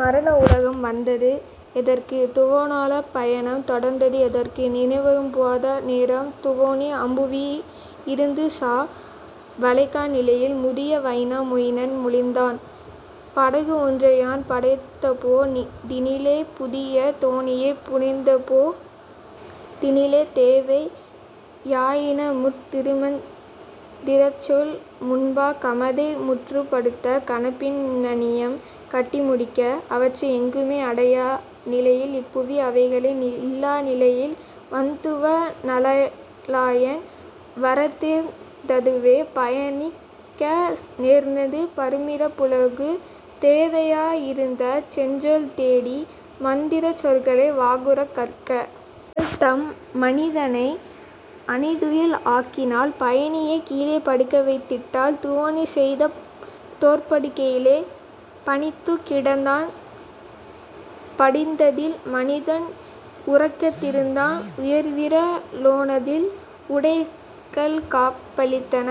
மரண உலகம் வந்தது எதற்கு? துவோனலாப் பயணம் தொடர்ந்தது எதற்கு? நினைவரும் பாத நேரம் துவோனி? அம்புவி யிருந்துசா வழைக்கா நிலையில்? " முதிய வைனா மொயினன் மொழிந்தான்: "படகு ஒன்றையான் படைத்தபோ தினிலே புதிய தோணியைப் புனைந்தபோ தினிலே தேவை யாயினமுத் திருமந் திரச்சொல் முன்பா கமதை முற்றுப் படுத்த கனப்பின் னணியம் கட்டி முடிக்க; அவற்றை எங்குமே அடையா நிலையில் இப்புவி அவைகள் இல்லா நிலையில் வன்துவோ னலாயான் வரநேர்ந் ததுவே பயணிக்க நேர்ந்தது பருமிறப் புலகு தேவையா யிருந்த செஞ்சொல் தேடி மந்திரச் சொற்களை வாகுறக் கற்க. " அவள்அம் மனிதனை அணைதுயில் ஆக்கினாள் பயணியைக் கீழே படுக்கவைத் திட்டாள் துவோனி செய்த தோற்படுக் கையிலே; படுத்துக் கிடந்தான் படிந்ததில் மனிதன் உறக்கத் திருந்தான் உயர்விற லோனதில் உடைகள்காப் பளித்தன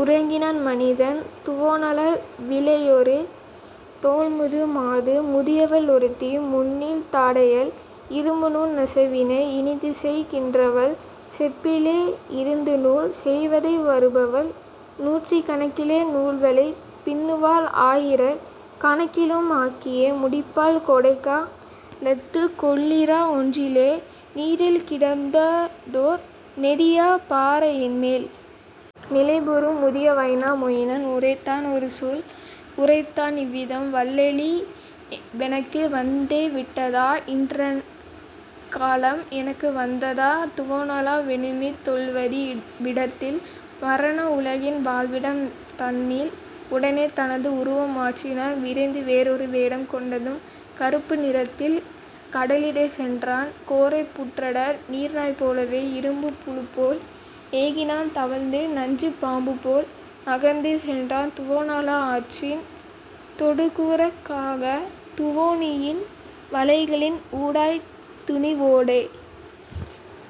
உறங்கினன் மனிதன். துவோனலா விலேயொரு தொல்முது மாது முதியவள் ஒருத்தி முன்நீள் தாடையள் இரும்புநூல் நெசவினை இனிதுசெய் கின்றவள் செப்பிலே யிருந்துநூல் செய்வதே வருபவள் நூற்றுக் கணக்கிலே நூல்வலை பின்னுவாள் ஆயிரக் கணக்கிலும் ஆக்கியே முடிப்பாள் கோடைகா லத்துகொள்இரா ஒன்றிலே நீரில் கிடந்ததோர் நெடியபா றையின்மேல். நிலைபெறும் முதிய வைனா மொயினன் உரைத்தான் ஒருசொல் உரைத்தான் இவ்விதம்: "வல்லழி வெனக்கு வந்தே விட்டதா? இன்னற் காலம் எனக்கு வந்ததா? துவோனலா வெனுமித் தொல்வதி விடத்தில்? மரண உலகின் வாழ்விடம் தன்னில்? " உடனே தனது உருவம் மாற்றினான் விரைந்து வேறொரு வேடம் கொண்டனன் கறுப்பு நிறத்தில் கடலிடைச் சென்றான் கோரைப் புற்றட நீர்நாய் போலவே இரும்புப் புழுப்போல் ஏகினான் தவழ்ந்து நஞ்சுப் பாம்புபோல் நகர்ந்தே சென்றான் துவோனலா ஆற்றின் தொடுகுறுக் காக துவோனியின் வலைகளின் ஊடாய்த் துணிவொடே.